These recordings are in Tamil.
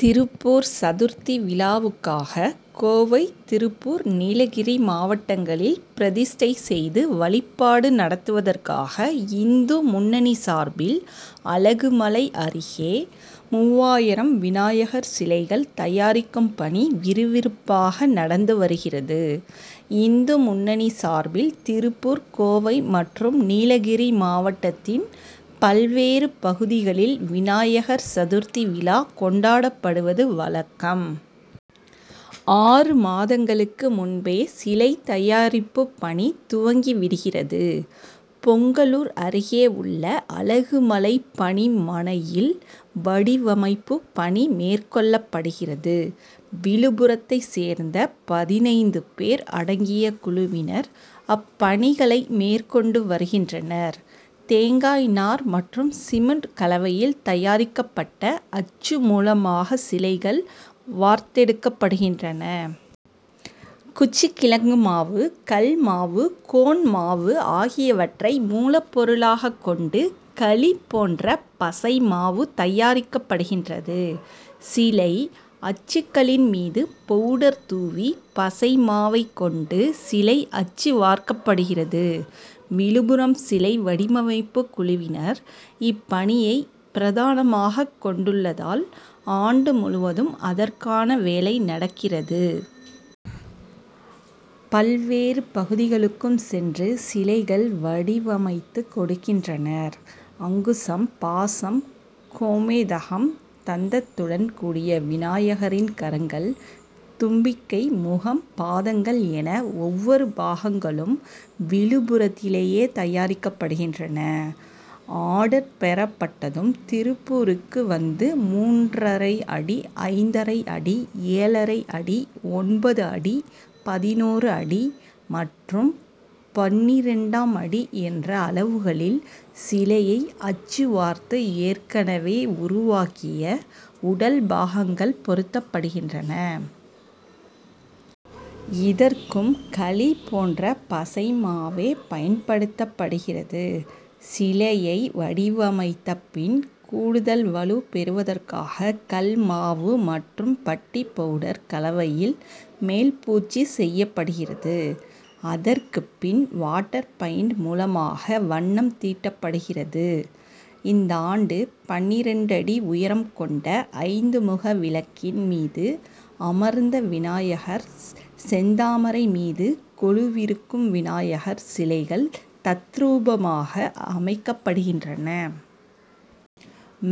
திருப்பூர் சதுர்த்தி விழாவுக்காக, கோவை, திருப்பூர், நீலகிரி மாவட்டங்களில் பிரதிஷ்டை செய்து வழிபாடு நடத்துவதற்காக, இந்து முன்னணி சார்பில் அலகுமலை அருகே மூவாயிரம் விநாயகர் சிலைகள் தயாரிக்கும் பணி விறுவிறுப்பாக நடந்து வருகிறது. இந்து முன்னணி சார்பில், திருப்பூர், கோவை மற்றும் நீலகிரி மாவட்டத்தின் பல்வேறு பகுதிகளில் விநாயகர் சதுர்த்தி விழா கொண்டாடுவது வழக்கம். ஆறு மாதங்களுக்கு முன்பே, சிலை தயாரிப்பு பணி துவங்கி விடுகிறது. பொங்கலூர் அருகே உள்ள அலகுமலை பணிமனையில், வடிவமைப்பு பணி மேற் கொள்ளப்படுகிறது. விழுப்புரத்தைச் சேர்ந்த பதினைந்து பேர் அடங்கிய குழுவினர், அப்பணிகளை மேற்கொண்டு வருகின்றனர். தேங்காய் நார் மற்றும் சிமென்ட் கல வையில் தயாரிக்கப்பட்ட அச்சு மூலமாக சிலைகள் வார்த்தெடுக்கப்படுகின்றன. குச்சிக்கிழங்கு மாவு, கல் மாவு, கோன் மாவு ஆகியவற்றை மூலப்பொருளாக கொண்டு, களி போன்ற பசை மாவு தயாரிக்கப்படுகிறது. சிலை அச்சுக்களின் மீது பவுடர் தூவி, பசை மாவைக் கொண்டு சிலை அச்சு வார்க்கப்படுகிறது. விழுப்புரம் சிலை வடிவமைப்பு குழுவினர், இப்பணியை பிரதானமாக கொண் டுள்ளதால், ஆண்டு முழுவதும் அதற்கான வேலை நடக்கிறது. பல்வேறு பகுதிகளுக்கும் சென்று சிலைகள் வடிவமைத்து கொடுக்கின்றனர். அங்குசம், பாசம், கோமேதகம், தந்தத்துடன் கூடிய விநாயகரின் கரங்கள், தும்பிக்கை, முகம், பாதங் கள் என, ஒவ்வொரு பாகங்களும் விழுப் புரத்திலேயே தயாரிக்கப்படுகின்றன. ஆர்டர் பெறப்பட்டதும், திருப்பூருக்கு வந்து மூன்றரை அடி, ஐந்தரை அடி, ஏழரை அடி, ஒன்பது அடி, பதினொரு அடி மற்றும் பன்னிரண்டாம் அடி என்ற அளவுகளில் சிலையை அச்சு வார்த்து, ஏற்கனவே உருவாக்கிய உடல் பாகங்கள் பொருத்தப்படுகின்றன. இதற்கும், களி போன்ற பசைமாவே பயன்படுத்தப்படுகிறது. சிலையை வடிவமைத்த பின், கூடுதல் வலுப்பெறுவதற்காக கல் மாவு மற்றும் பட்டிப்பவுடர் கலவையில் மேல்பூச்சு செய்யப்படுகிறது. அதற்குப்பின், வாட்டர் பெயிண்ட் மூலமாக வண்ணம் தீட்டப்படுகிறது. இந்தாண்டு, பன்னிரண்டு அடி உயரம் கொண்ட ஐந்துமுக விளக்கின் மீது அமர்ந்த விநாயகர், செந்தாமரை மீது கொலுவிருக்கும் விநாயகர் சிலைகள் தத்ரூபமாக அமைக்கப்படுகின்றன.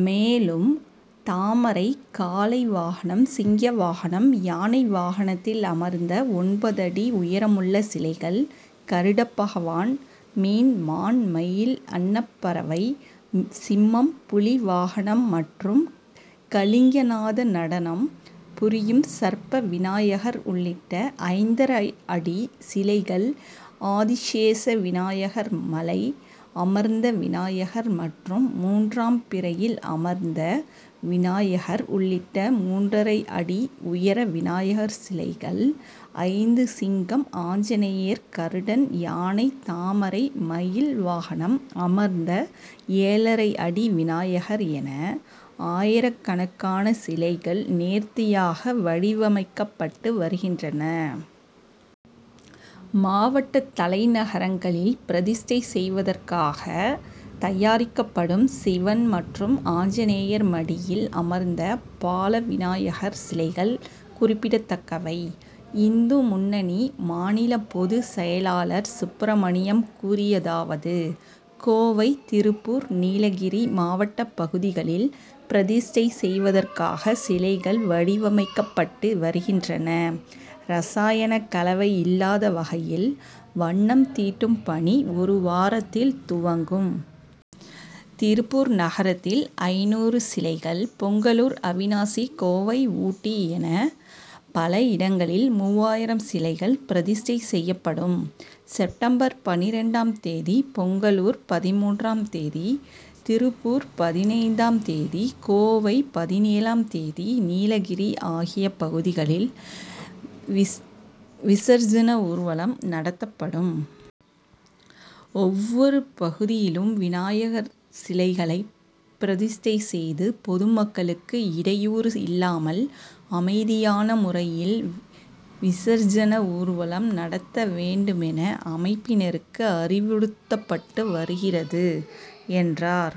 மேலும், தாமரை, காளை வாகனம், சிங்க வாகனம், யானை வாகனத்தில் அமர்ந்த ஒன்பது அடி உயரமுள்ள சிலைகள்; கருடபகவான், மீன், மான், மயில், அன்னப்பறவை, சிம்மம், புலி வாகனம் மற்றும் காளிங்கநாத நடனம் புரியும் சர்ப்ப விநாயகர் உள்ளிட்ட ஐந்தரை அடி சிலைகள். ஆதிசேஷ விநாயகர், மலை அமர்ந்த விநாயகர் மற்றும் மூன்றாம் பிறையில் அமர்ந்த விநாயகர் உள்ளிட்ட மூன்றரை அடி உயர விநாயகர் சிலைகள் ஐந்து சிங்கம், ஆஞ்சநேயர், கருடன், யானை, தாமரை, மயில் வாகனம் அமர்ந்த ஏழரை அடி விநாயகர் என, ஆயிரக்கணக்கான சிலைகள் நேர்த்தியாக வடிவமைக்கப்பட்டு வருகின்றன. மாவட்ட தலைநகரங்களில் பிரதிஷ்டை செய்வதற்காக தயாரிக்கப் படும் சிவன் மற்றும் ஆஞ்சநேயர் மடியில் அமர்ந்த பாலவிநாயகர் சிலைகள் குறிப் பிடத்தக்கவை. இந்து முன்னணி மாநில பொது செயலாளர் சுப்ரமணியம் கூறியதாவது கோவை, திருப்பூர், நீலகிரி மாவட்ட பகுதிகளில் பிரதிஷ்டை செய்வதற்காக சிலைகள் வடிவமைக்கப்பட்டு வருகின்றன. ரசாயன கலவை இல்லாத வகையில், வண்ணம் தீட்டும் பணி, ஒரு வாரத்தில் துவங்கும். திருப்பூர் நகரத்தில் ஐந்நூறு சிலைகள், பொங்கலூர், அவிநாசி, கோவை, ஊட்டி என பல இடங்களில் மூவாயிரம் சிலைகள் பிரதிஷ்டை செய்யப்படும். செப்., பன்னிரண்டாம் தேதி பொங்கலூர், பதின்மூன்றாம் தேதி திருப்பூர், பதினைந்தாம் தேதி கோவை, பதினேழாம் தேதி நீலகிரி ஆகிய பகுதிகளில் விசர்ஜன ஊர்வலம் நடத்தப்படும். ஒவ்வொரு பகுதியிலும், விநாயகர் சிலைகளை பிர திஷ்டை செய்து, பொதுமக்களுக்கு இடையூறு இல்லாமல், அமைதியான முறையில் விசர்ஜன ஊர்வலம் நடத்த வேண்டுமென, அமைப்பினருக்கு அறிவுறுத்தப்பட்டு வருகிறது, என்றார்.